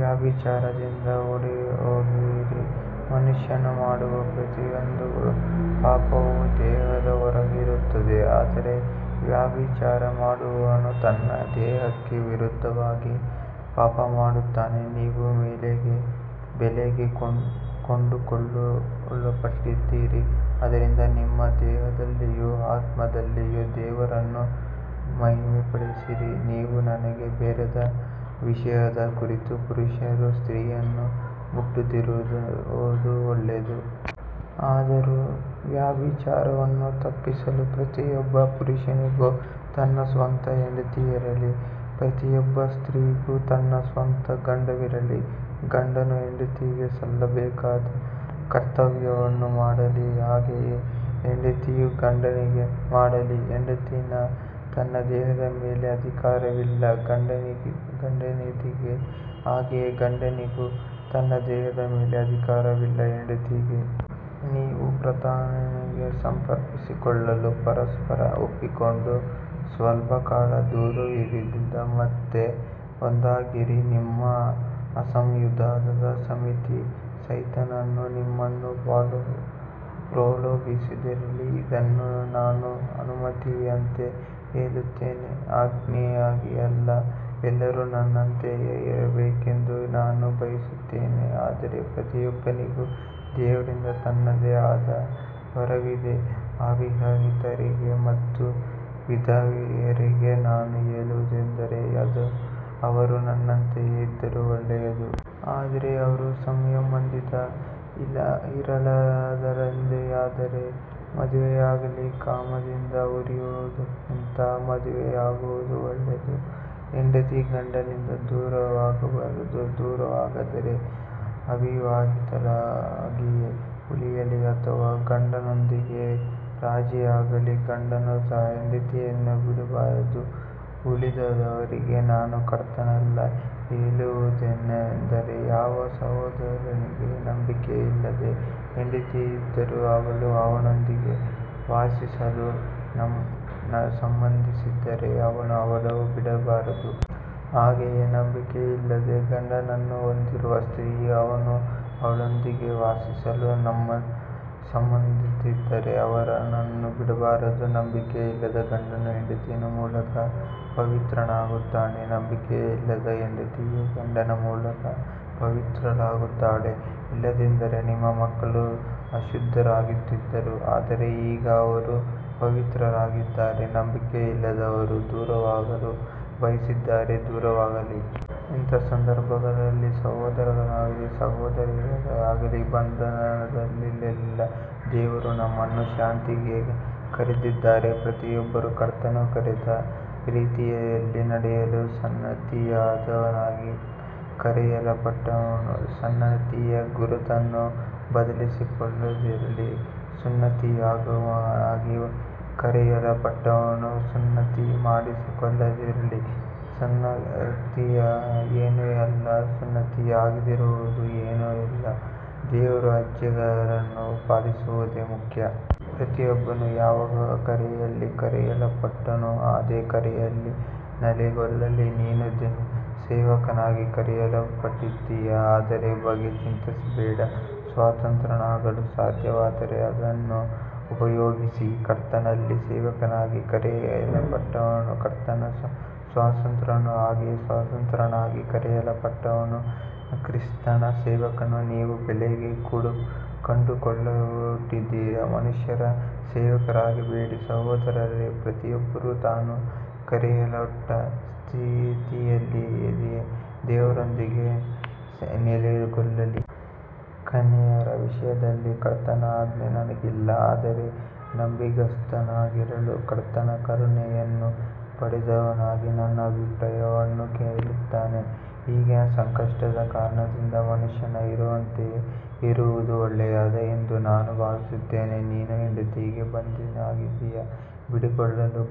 ವ್ಯಭಿಚಾರದಿಂದ ಓಡಿಹೋಗಿರಿ. ಮನುಷ್ಯನು ಮಾಡುವ ಪ್ರತಿಯೊಂದು ಪಾಪವೂ ದೇಹದ ಹೊರಗಿರುತ್ತದೆ, ಆದರೆ ವ್ಯಭಿಚಾರ ಮಾಡುವವನು ತನ್ನ ದೇಹಕ್ಕೆ ವಿರುದ್ಧವಾಗಿ ಪಾಪಮಾಡುತ್ತಾನೆ. ನೀವು ಬೆಲೆಗೆ ಕೊಂಡುಕೊಳ್ಳಲ್ಪಟ್ಟಿದ್ದೀರಿ, ಆದ್ದರಿಂದ ನಿಮ್ಮ ದೇಹದಲ್ಲಿಯೂ ಆತ್ಮದಲ್ಲಿಯೂ ದೇವರನ್ನು ಮಹಿಮೆಪಡಿಸಿರಿ. ನೀವು ನನಗೆ ಬರೆದ ವಿಷಯದ ಕುರಿತು, ಪುರುಷನು ಸ್ತ್ರೀಯನ್ನು ಮುಟ್ಟದಿರುವುದು ಒಳ್ಳೆಯದು. ಆದರೂ ವ್ಯಭಿಚಾರವನ್ನು ತಪ್ಪಿಸಲು ಪ್ರತಿಯೊಬ್ಬ ಪುರುಷನಿಗೂ ತನ್ನ ಸ್ವಂತ ಹೆಂಡತಿಯಿರಲಿ, ಪ್ರತಿಯೊಬ್ಬ ಸ್ತ್ರೀಗೂ ತನ್ನ ಸ್ವಂತ ಗಂಡನಿರಲಿ. ಗಂಡನು ಹೆಂಡತಿಗೆ ಸಲ್ಲಬೇಕಾದ ಕರ್ತವ್ಯವನ್ನು ಮಾಡಲಿ, ಹಾಗೆಯೇ ಹೆಂಡತಿಯೂ ಗಂಡನಿಗೆ ಮಾಡಲಿ. ಹೆಂಡತಿಗೆ ತನ್ನ ದೇಹದ ಮೇಲೆ ಅಧಿಕಾರವಿಲ್ಲ, ಗಂಡನಿಗಿದೆ, ಹಾಗೆಯೇ ಗಂಡನಿಗೂ ತನ್ನ ದೇಹದ ಮೇಲೆ ಅಧಿಕಾರವಿಲ್ಲ, ಹೆಂಡತಿಗಿದೆ. ನೀವು ಪ್ರಾರ್ಥನೆಗೆ ಸಮರ್ಪಿಸಿಕೊಳ್ಳಲು ಪರಸ್ಪರ ಒಪ್ಪಿಕೊಂಡು ಸ್ವಲ್ಪಕಾಲ ದೂರವಿರಿರಿ, ಮತ್ತೆ ಒಂದಾಗಿರಿ, ನಿಮ್ಮ ಅಸಂಯಮದ ನಿಮಿತ್ತ ಸೈತಾನನು ನಿಮ್ಮನ್ನು ಪ್ರಲೋಭಿಸದಿರಲಿ. ಇದನ್ನು ನಾನು ಅನುಮತಿಯಂತೆ ಹೇಳುತ್ತೇನೆ, ಆಜ್ಞೆಯಾಗಿ ಅಲ್ಲ. ಎಲ್ಲರೂ ನನ್ನಂತೆಯೇ ಇರಬೇಕೆಂದು ನಾನು ಬಯಸುತ್ತೇನೆ, ಆದರೆ ಪ್ರತಿಯೊಬ್ಬನಿಗೂ ದೇವರಿಂದ ತನ್ನದೇ ಆದ ವರವಿದೆ. ಅವಿವಾಹಿತರಿಗೆ ಮತ್ತು ವಿಧವೆಯರಿಗೆ ನಾನು ಹೇಳುವುದೇನೆಂದರೆ, ಅವರು ನನ್ನಂತೆಯೇ ಇದ್ದರೆ ಒಳ್ಳೆಯದು. ಆದರೆ ಅವರು ಸಂಯಮದಿಂದ ಇರಲಾರದೆ ಇದ್ದರೆ ಮದುವೆಯಾಗಲಿ, ಕಾಮದಿಂದ ಉರಿಯುವುದಕ್ಕಿಂತ ಮದುವೆಯಾಗುವುದು ಒಳ್ಳೆಯದು. ಹೆಂಡತಿ ಗಂಡನಿಂದ ದೂರವಾಗಬಾರದು, ದೂರವಾದರೆ ಅವಿವಾಹಿತಳಾಗಿಯೇ ಉಳಿಯಲಿ ಅಥವಾ ಗಂಡನೊಂದಿಗೆ ರಾಜಿಯಾಗಲಿ, ಗಂಡನು ಸಹ ಹೆಂಡತಿಯನ್ನು ಬಿಡಬಾರದು. ಉಳಿದವರಿಗೆ ನಾನು, ಕರ್ತನಲ್ಲ, ಹೇಳುವುದೇನೆಂದರೆ, ಯಾವ ಸಹೋದರನಿಗೆ ನಂಬಿಕೆಯಿಲ್ಲದ ಹೆಂಡತಿಯಿದ್ದರೂ ಅವಳು ಅವನೊಂದಿಗೆ ವಾಸಿಸಲು ಸಮ್ಮತಿಸಿದರೆ ಅವನು ಅವಳನ್ನು ಬಿಡಬಾರದು. ಹಾಗೆಯೇ ನಂಬಿಕೆಯಿಲ್ಲದ ಗಂಡನನ್ನು ಹೊಂದಿರುವ ಸ್ತ್ರೀಯು, ಅವನು ಅವಳೊಂದಿಗೆ ವಾಸಿಸಲು ಸಮ್ಮತಿಸಿದರೆ, ಅವನನ್ನು ಬಿಡಬಾರದು. ನಂಬಿಕೆಯಿಲ್ಲದ ಗಂಡನು ಹೆಂಡತಿಯ ಮೂಲಕ ಪವಿತ್ರನಾಗುತ್ತಾನೆ, ನಂಬಿಕೆಯಿಲ್ಲದ ಹೆಂಡತಿಯು ಗಂಡನ ಮೂಲಕ ಪವಿತ್ರಳಾಗುತ್ತಾಳೆ. ಇಲ್ಲದಿದ್ದರೆ ನಿಮ್ಮ ಮಕ್ಕಳು ಅಶುದ್ಧರಾಗುತ್ತಿದ್ದರು, ಆದರೆ ಈಗ ಅವರು ಪವಿತ್ರರಾಗಿದ್ದಾರೆ. ನಂಬಿಕೆಯಿಲ್ಲದವನು ದೂರವಾಗಲು ಬಯಸಿದರೆ ದೂರವಾಗಲಿ. ಇಂಥ ಸಂದರ್ಭಗಳಲ್ಲಿ ಸಹೋದರನಾಗಲಿ ಸಹೋದರಿಯಾಗಲಿ ಬಂಧನದಲ್ಲಿಲ್ಲ, ದೇವರು ನಮ್ಮನ್ನು ಶಾಂತಿಗೆ ಕರೆದಿದ್ದಾನೆ. ಪ್ರತಿಯೊಬ್ಬನು ಕರ್ತನು ಕರೆದ ರೀತಿಯಲ್ಲಿಯೇ ನಡೆಯಲಿ. ಸುನ್ನತಿಯಾದವನಾಗಿ ಕರೆಯಲ್ಪಟ್ಟವನು ಸುನ್ನತಿಯ ಗುರುತನ್ನು ಬದಲಿಸಿಕೊಳ್ಳದಿರಲಿ, ಸುನ್ನತಿಯಾಗದವನಾಗಿ ಕರೆಯಲ್ಪಟ್ಟವನು ಸುನ್ನತಿ ಮಾಡಿಸಿಕೊಳ್ಳದಿರಲಿ. ಸುನ್ನತಿಯು ಏನೂ ಅಲ್ಲ, ಸುನ್ನತಿಯಾಗದಿರುವುದೂ ಏನೂ ಅಲ್ಲ, ದೇವರ ಆಜ್ಞೆಗಳನ್ನು ಪಾಲಿಸುವುದೇ ಮುಖ್ಯ. ಪ್ರತಿಯೊಬ್ಬನು ಯಾವ ಕರೆಯಲ್ಲಿ ಕರೆಯಲ್ಪಟ್ಟನೋ ಅದೇ ಕರೆಯಲ್ಲಿ ನೆಲೆಗೊಳ್ಳಲಿ. ನೀನು ಸೇವಕನಾಗಿ ಕರೆಯಲ್ಪಟ್ಟಿದ್ದೀಯಾ, ಅದರ ಬಗ್ಗೆ ಚಿಂತಿಸಬೇಡ. ಸ್ವತಂತ್ರನಾಗಲು ಸಾಧ್ಯವಾದರೆ ಅದನ್ನು ಉಪಯೋಗಿಸು. ಕರ್ತನಲ್ಲಿ ಸೇವಕನಾಗಿ ಕರೆಯಲ್ಪಟ್ಟವನು ಕರ್ತನ ಸ್ವತಂತ್ರನು, ಹಾಗೆಯೇ ಸ್ವತಂತ್ರನಾಗಿ ಕರೆಯಲ್ಪಟ್ಟವನು ಕ್ರಿಸ್ತನ ಸೇವಕನು. ನೀವು ಬೆಲೆಗೆ ಕೊಂಡುಕೊಳ್ಳಲ್ಪಟ್ಟಿದ್ದೀರಿ, ಮನುಷ್ಯರ ಸೇವಕರಾಗಬೇಡಿ. ಸಹೋದರರೇ, ಪ್ರತಿಯೊಬ್ಬನು ತಾನು ಕರೆಯಲ್ಪಟ್ಟ ಸ್ಥಿತಿಯಲ್ಲಿಯೇ ದೇವರೊಂದಿಗೆ ನೆಲೆಗೊಳ್ಳಲಿ. ಕನ್ಯೆಯರ ವಿಷಯದಲ್ಲಿ ಕರ್ತನ ಆಜ್ಞೆ ನನಗಿಲ್ಲ, ಆದರೆ ನಂಬಿಗಸ್ತನಾಗಿರಲು ಕರ್ತನ ಕರುಣೆಯನ್ನು ಪಡೆದವನಾಗಿ ನನ್ನ ಅಭಿಪ್ರಾಯವನ್ನು ಹೇಳುತ್ತೇನೆ. ಈಗಿನ ಸಂಕಷ್ಟದ ಕಾರಣದಿಂದ ಮನುಷ್ಯನು ಇರುವಂತೆಯೇ ಇರುವುದು ಒಳ್ಳೆಯದು ಎಂದು ನಾನು ಭಾವಿಸುತ್ತೇನೆ. ನೀನು ಹೆಂಡತಿಗೆ ಬಂಧಿತನಾಗಿದ್ದೀಯಾ, ಬಿಡಿಸಿಕೊಳ್ಳಲು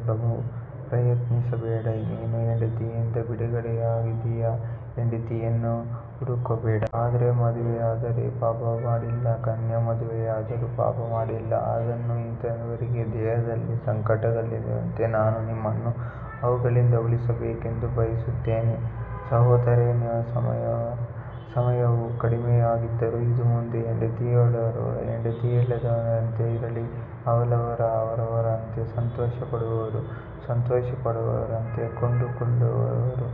ಪ್ರಯತ್ನಿಸಬೇಡ. ನೀನು ಹೆಂಡತಿಯಿಂದ ಬಿಡುಗಡೆಯಾಗಿದ್ದೀಯಾ, ಹೆಂಡತಿಯನ್ನು ಹುಡುಕಬೇಡ. ಆದರೆ ಮದುವೆಯಾದರೆ ಪಾಪಮಾಡಿಲ್ಲ, ಕನ್ಯೆ ಮದುವೆಯಾದರೂ ಪಾಪಮಾಡಿಲ್ಲ. ಆದರೂ ಇಂಥವರಿಗೆ ದೇಹದಲ್ಲಿ ಸಂಕಟಗಳಿರುತ್ತವೆ, ನಾನು ನಿಮ್ಮನ್ನು ಅವುಗಳಿಂದ ಉಳಿಸಬೇಕೆಂದು ಬಯಸುತ್ತೇನೆ. ಸಹೋದರರೇ, ಸಮಯವು ಕಡಿಮೆಯಾಗಿದೆ. ಇನ್ನು ಮುಂದೆ ಹೆಂಡತಿಯುಳ್ಳವರು ಹೆಂಡತಿಯಿಲ್ಲದವರಂತೆ ಇರಲಿ, ಅಳುವವರು ಅಳದವರಂತೆ, ಸಂತೋಷಪಡುವವರು ಸಂತೋಷಪಡದವರಂತೆ, ಕೊಂಡುಕೊಳ್ಳುವವರು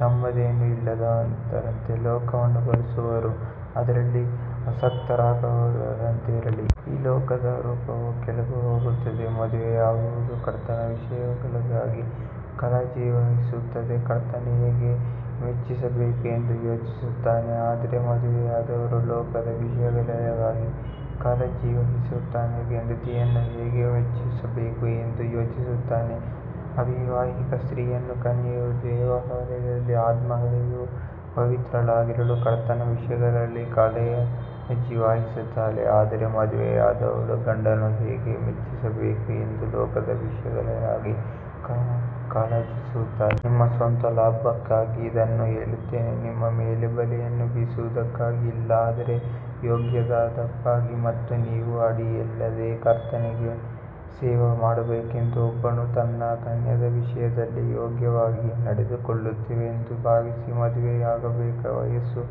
ತಮ್ಮದೇನೂ ಇಲ್ಲದವರಂತೆ, ಲೋಕವನ್ನು ಬಳಸುವವರು ಅದರಲ್ಲಿ ಆಸಕ್ತರಾಗದವರಂತೆ ಇರಲಿ. ಈ ಲೋಕದ ರೂಪವು ಕಳೆದುಹೋಗುತ್ತಿದೆ. ಮದುವೆಯಾಗದವನು ಕರ್ತನ ವಿಷಯಗಳಿಗಾಗಿ ಕಾಳಜಿವಹಿಸುತ್ತಾನೆ, ಕರ್ತನನ್ನು ಹೇಗೆ ಮೆಚ್ಚಿಸಬೇಕು ಎಂದು ಯೋಚಿಸುತ್ತಾನೆ. ಆದರೆ ಮದುವೆಯಾದವನು ಲೋಕದ ವಿಷಯಗಳಿಗಾಗಿ ಕಾಳಜಿವಹಿಸುತ್ತಾನೆ, ಹೆಂಡತಿಯನ್ನು ಹೇಗೆ ಮೆಚ್ಚಿಸಬೇಕು ಎಂದು ಯೋಚಿಸುತ್ತಾನೆ. ಅವಿವಾಹಿತ ಸ್ತ್ರೀಯೂ ಕನ್ಯೆಯೂ ದೇಹದಲ್ಲಿಯೂ ಆತ್ಮದಲ್ಲಿಯೂ ಪವಿತ್ರಳಾಗಿರಲು ಕರ್ತನ ವಿಷಯಗಳಿಗಾಗಿ ಕಾಳಜಿವಹಿಸುತ್ತಾಳೆ, ಆದರೆ ಮದುವೆಯಾದವಳು ಗಂಡನನ್ನು ಹೇಗೆ ಮೆಚ್ಚಿಸಬೇಕು ಎಂದು ಲೋಕದ ವಿಷಯಗಳಿಗಾಗಿ ಕಾಳಜಿವಹಿಸುತ್ತಾಳೆ. ನಿಮ್ಮ ಸ್ವಂತ ಲಾಭಕ್ಕಾಗಿ ಇದನ್ನು ಹೇಳುತ್ತೇನೆ, ನಿಮ್ಮ ಮೇಲೆ ಬಲೆಯನ್ನು ಬೀಸುವುದಕ್ಕಾಗಿ ಅಲ್ಲ, ಆದರೆ ಯೋಗ್ಯವಾದದ್ದಕ್ಕಾಗಿ ಮತ್ತು ನೀವು ಅಡ್ಡಿಯಿಲ್ಲದೆ ಕರ್ತನಿಗೆ ಸೇವೆಮಾಡಬೇಕೆಂದು. ಒಬ್ಬನು ತನ್ನ ಕನ್ಯೆಯ ವಿಷಯದಲ್ಲಿ ಯೋಗ್ಯವಾಗಿ ನಡೆದುಕೊಳ್ಳುತ್ತಿಲ್ಲವೆಂದು ಭಾವಿಸಿ, ಮದುವೆಯಾಗಬೇಕಾದ ವಯಸ್ಸು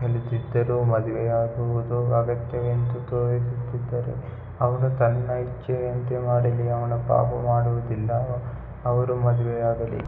ಕಳೆದಿದ್ದರೂ ಮದುವೆಯಾಗುವುದು ಅಗತ್ಯವೆಂದು ತೋರುತ್ತಿದ್ದರೆ, ಅವನು ತನ್ನ ಇಚ್ಛೆಯಂತೆ ಮಾಡಲಿ, ಅವನು ಪಾಪಮಾಡುವುದಿಲ್ಲ, ಅವರು ಮದುವೆಯಾಗಲಿ.